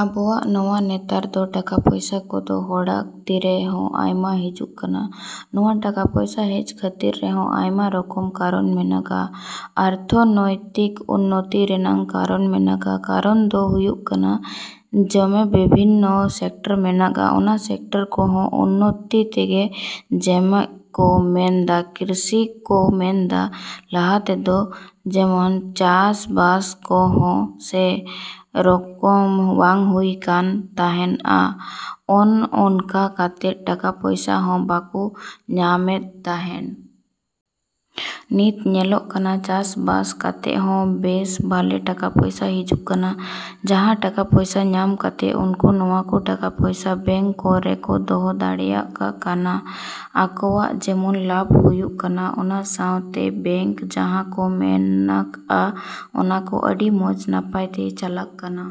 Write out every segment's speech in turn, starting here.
‎ᱟᱵᱚᱣᱟᱜ ᱱᱚᱣᱟ ᱱᱮᱛᱟᱨ ᱫᱚ ᱴᱟᱠᱟ ᱯᱚᱭᱥᱟ ᱠᱚᱫᱚ ᱦᱚᱲᱟᱜ ᱛᱤᱨᱮ ᱦᱚᱸ ᱟᱭᱢᱟ ᱦᱤᱡᱩᱜ ᱠᱟᱱᱟ᱾ ᱱᱚᱣᱟ ᱴᱟᱠᱟ ᱯᱚᱭᱥᱟ ᱦᱮᱡ ᱠᱷᱟᱹᱛᱤᱨ ᱨᱮᱦᱚᱸ ᱟᱭᱢᱟ ᱨᱚᱠᱚᱢ ᱠᱟᱨᱚᱱ ᱢᱮᱱᱟᱜᱼᱟ, ᱚᱨᱛᱷᱚᱱᱚᱭᱛᱤᱠ ᱩᱱᱱᱚᱛᱤ ᱨᱮᱱᱟᱜ ᱠᱟᱨᱚᱱ ᱢᱮᱱᱟᱜᱼᱟ᱾ ᱠᱟᱨᱚᱱ ᱫᱚ ᱦᱩᱭᱩᱜ ᱠᱟᱱᱟ ᱡᱮᱢᱚᱱ ᱵᱤᱵᱷᱤᱱᱱᱚ ᱥᱮᱠᱴᱟᱨ ᱢᱮᱱᱟᱜᱼᱟ, ᱚᱱᱟ ᱥᱮᱠᱴᱟᱨ ᱠᱚᱦᱚᱸ ᱩᱱᱱᱚᱛᱤᱜᱮ ᱡᱮᱢᱚᱱ ᱠᱚ ᱢᱮᱱ ᱫᱟ ᱠᱨᱤᱥᱤ ᱠᱚ ᱢᱮᱱ ᱫᱟ ᱞᱟᱦᱟ ᱛᱮᱫᱚ ᱡᱮᱢᱚᱱ ᱪᱟᱥᱵᱟᱥ ᱠᱚᱦᱚᱸ ᱥᱮᱨᱚᱠᱚᱢ ᱵᱟᱝ ᱦᱩᱭᱩᱜ ᱠᱟᱱ ᱛᱟᱦᱮᱸᱜᱼᱟ, ᱚᱱᱼᱚᱝᱠᱟ ᱠᱟᱛᱮᱜ ᱴᱟᱠᱟ ᱯᱚᱭᱥᱟ ᱦᱚᱸ ᱵᱟᱠᱚ ᱧᱟᱢᱮᱫ ᱛᱟᱦᱮᱸᱫ᱾ ᱱᱤᱛ ᱧᱮᱞᱚᱜ ᱠᱟᱱᱟ ᱪᱟᱥ ᱵᱟᱥ ᱠᱟᱛᱮᱜ ᱦᱚᱸ ᱵᱮᱹᱥ ᱵᱷᱟᱞᱮ ᱴᱟᱠᱟ ᱯᱚᱭᱥᱟ ᱦᱤᱡᱩᱜ ᱠᱟᱱᱟ, ᱡᱟᱦᱟᱸ ᱴᱟᱠᱟ ᱯᱚᱭᱥᱟ ᱧᱟᱢ ᱠᱟᱛᱮᱜ ᱩᱱᱠᱩ ᱱᱚᱣᱟ ᱠᱚ ᱴᱟᱠᱟ ᱯᱚᱭᱥᱟ ᱵᱮᱝᱠ ᱠᱚᱨᱮ ᱠᱚ ᱫᱚᱦᱚ ᱫᱟᱲᱮᱭᱟᱜ ᱠᱟᱱᱟ᱾ ᱟᱠᱚᱣᱟᱜ ᱡᱮᱢᱚᱱ ᱞᱟᱵᱷ ᱦᱩᱭᱩᱜ ᱠᱟᱱᱟ ᱚᱱᱟ ᱥᱟᱶᱛᱮ ᱵᱮᱝᱠ ᱡᱟᱸᱦᱟ ᱠᱚ ᱢᱮᱱᱟᱜᱼᱟ ᱚᱱᱟ ᱠᱚ ᱟᱰᱤ ᱢᱚᱸᱡᱽ ᱱᱟᱯᱟᱭ ᱛᱮ ᱪᱟᱞᱟᱜ ᱠᱟᱱᱟ᱾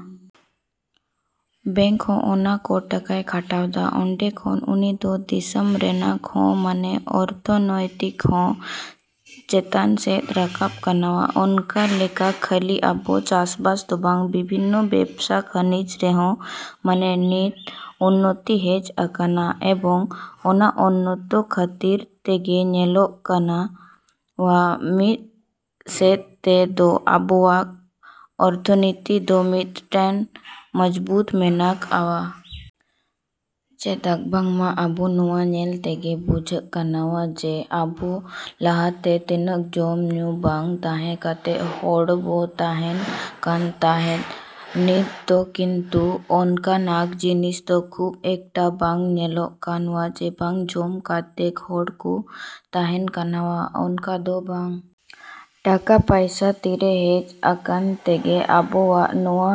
ᱵᱮᱝᱠ ᱦᱚᱸ ᱚᱱᱟ ᱠᱚ ᱴᱟᱠᱟᱭ ᱠᱷᱟᱴᱟᱣ ᱫᱟ, ᱚᱸᱰᱮ ᱠᱷᱚᱱ ᱩᱱᱤᱦᱚᱸ ᱫᱤᱥᱚᱢ ᱨᱮᱱᱟᱜ ᱦᱚᱸ ᱢᱟᱱᱮ ᱚᱨᱛᱷᱚᱱᱚᱭᱛᱤᱠ ᱦᱚᱸ ᱪᱮᱛᱟᱱ ᱥᱮᱫ ᱨᱟᱠᱟᱵ ᱠᱟᱱᱟ᱾ ᱚᱱᱠᱟ ᱞᱮᱠᱟ ᱠᱷᱟᱹᱞᱤ ᱟᱵᱚ ᱪᱟᱥᱵᱟᱥ ᱫᱚ ᱵᱟᱝ, ᱵᱤᱵᱷᱤᱱᱱᱚ ᱵᱮᱵᱽᱥᱟ ᱵᱟᱱᱤᱡᱽ ᱨᱮᱦᱚᱸ ᱢᱟᱱᱮ ᱱᱤᱛ ᱩᱱᱱᱚᱛᱤ ᱦᱮᱡ ᱟᱠᱟᱱᱟ ᱮᱵᱚᱝ ᱚᱱᱟ ᱩᱱᱱᱚᱛᱚ ᱠᱷᱟᱹᱛᱤᱨ ᱛᱮᱜᱮ ᱧᱮᱞᱚᱜ ᱠᱟᱱᱟ ᱢᱤᱜ ᱥᱮᱫ ᱛᱮᱫᱚ ᱟᱵᱚᱣᱟᱜ ᱚᱨᱛᱷᱚᱱᱤᱛᱤ ᱫᱚ ᱢᱤᱜᱴᱮᱱ ᱢᱚᱡᱽᱵᱩᱛ ᱢᱮᱱᱟᱜᱼᱟ᱾ ᱪᱮᱫᱟᱜ ᱵᱟᱝᱢᱟ ᱟᱵᱚ ᱱᱚᱣᱟ ᱧᱮᱞ ᱛᱮᱜᱮ ᱵᱩᱡᱷᱟᱹᱜ ᱠᱟᱱᱟ ᱡᱮ ᱟᱵᱚ ᱞᱟᱦᱟ ᱛᱮ ᱛᱤᱱᱟᱹᱜ ᱡᱚᱢ ᱧᱩ ᱵᱟᱝ ᱛᱟᱦᱮᱸ ᱠᱟᱛᱮᱜ ᱦᱚᱲ ᱵᱚ ᱛᱟᱦᱮᱸᱱ ᱠᱟᱱ ᱛᱟᱦᱮᱸᱫ, ᱱᱤᱛ ᱫᱚ ᱠᱤᱱᱛᱩ ᱚᱱᱠᱟᱱᱟᱜ ᱡᱤᱱᱤᱥ ᱫᱚ ᱠᱷᱩᱵᱽ ᱮᱠᱴᱟ ᱵᱟᱝ ᱧᱮᱞᱚᱜ ᱠᱟᱱᱟ ᱡᱮ ᱵᱟᱝ ᱡᱚᱢ ᱠᱟᱛᱮᱜ ᱦᱚᱲ ᱠᱚ ᱛᱟᱦᱮᱸᱱ ᱠᱟᱱᱟ ᱚᱱᱠᱟ ᱫᱚ ᱵᱟᱝ᱾ ᱴᱟᱠᱟ ᱯᱚᱭᱥᱟ ᱛᱤᱨᱮ ᱦᱮᱡ ᱟᱠᱟᱱ ᱛᱮᱜᱮ ᱟᱵᱚᱣᱟᱜ ᱱᱚᱣᱟ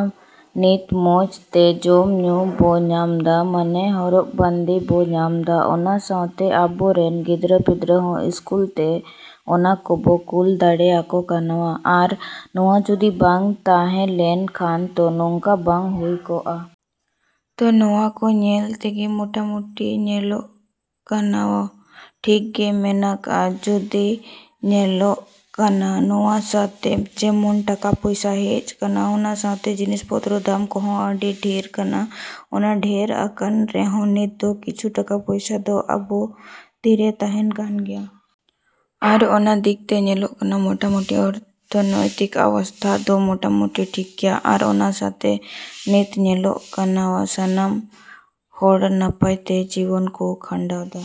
ᱱᱤᱛ ᱢᱚᱸᱡᱽ ᱛᱮ ᱡᱚᱢ ᱧᱩ ᱵᱚ ᱧᱟᱢ ᱫᱟ᱾ ᱢᱟᱱᱮ ᱦᱚᱨᱚᱜ ᱵᱟᱸᱫᱮ ᱵᱚ ᱧᱟᱢ ᱫᱟ, ᱚᱱᱟ ᱥᱟᱶᱛᱮ ᱟᱵᱚ ᱨᱮᱱ ᱜᱤᱫᱽᱨᱟᱹ ᱯᱤᱫᱽᱨᱟᱹ ᱦᱚᱸ ᱥᱠᱩᱞ ᱛᱮ ᱚᱱᱟ ᱠᱚᱵᱚ ᱠᱩᱞ ᱫᱟᱲᱮ ᱟᱠᱚ ᱠᱟᱱᱟ, ᱟᱨ ᱱᱚᱣᱟ ᱡᱩᱫᱤ ᱵᱟᱝ ᱛᱟᱦᱮᱸ ᱞᱮᱱ ᱠᱷᱟᱱ ᱛᱚ ᱱᱚᱝᱠᱟ ᱵᱟᱝ ᱦᱩᱭ ᱠᱚᱜᱼᱟ᱾ ᱛᱚ ᱱᱚᱣᱟ ᱠᱚ ᱧᱮᱞ ᱛᱮᱜᱮ ᱢᱚᱴᱟ ᱢᱩᱴᱤ ᱧᱮᱞᱚᱜ ᱠᱟᱱᱟ ᱴᱷᱤᱠ ᱜᱮ ᱢᱮᱱᱟᱜᱼᱟ᱾ ᱡᱳᱫᱤᱭᱳ ᱧᱮᱞᱚᱜ ᱠᱟᱱᱟ ᱱᱚᱣᱟ ᱥᱟᱶᱛᱮ ᱡᱮᱢᱚᱱ ᱴᱟᱠᱟ ᱯᱚᱭᱥᱟ ᱦᱮᱡ ᱠᱟᱱᱟ ᱚᱱᱟ ᱥᱟᱶᱛᱮ ᱡᱤᱱᱤᱥ ᱯᱚᱛᱨᱚ ᱫᱟᱢ ᱠᱚᱦᱚᱸ ᱟᱰᱤ ᱰᱷᱮᱨ ᱠᱟᱱᱟ᱾ ᱚᱱᱟ ᱰᱷᱮᱹᱨ ᱟᱠᱟᱱ ᱨᱮᱦᱚᱸ ᱱᱤᱛ ᱫᱚ ᱠᱤᱪᱷᱩ ᱴᱟᱠᱟ ᱯᱚᱭᱥᱟ ᱫᱚ ᱟᱵᱚ ᱛᱤᱨᱮ ᱛᱟᱦᱮᱸᱱ ᱠᱟᱱ ᱜᱮᱭᱟ᱾ ᱟᱨ ᱚᱱᱟ ᱫᱤᱠ ᱛᱮ ᱧᱮᱞᱚᱜ ᱠᱟᱱᱟ ᱢᱚᱴᱟ ᱢᱩᱴᱤ ᱚᱨᱛᱷᱚᱱᱚᱭᱛᱤᱠ ᱚᱵᱚᱥᱛᱷᱟ ᱫᱚ ᱢᱚᱴᱟᱢᱩᱴᱤ ᱴᱷᱤᱠ ᱜᱮᱭᱟ ᱟᱨ ᱚᱱᱟ ᱥᱟᱶᱛᱮ ᱱᱤᱛ ᱧᱮᱞᱚᱜ ᱠᱟᱱᱟ ᱥᱟᱱᱟᱢ ᱦᱚᱲ ᱱᱟᱯᱟᱭ ᱛᱮ ᱡᱤᱭᱚᱱ ᱠᱚ ᱠᱷᱟᱰᱟᱣᱫᱟ᱾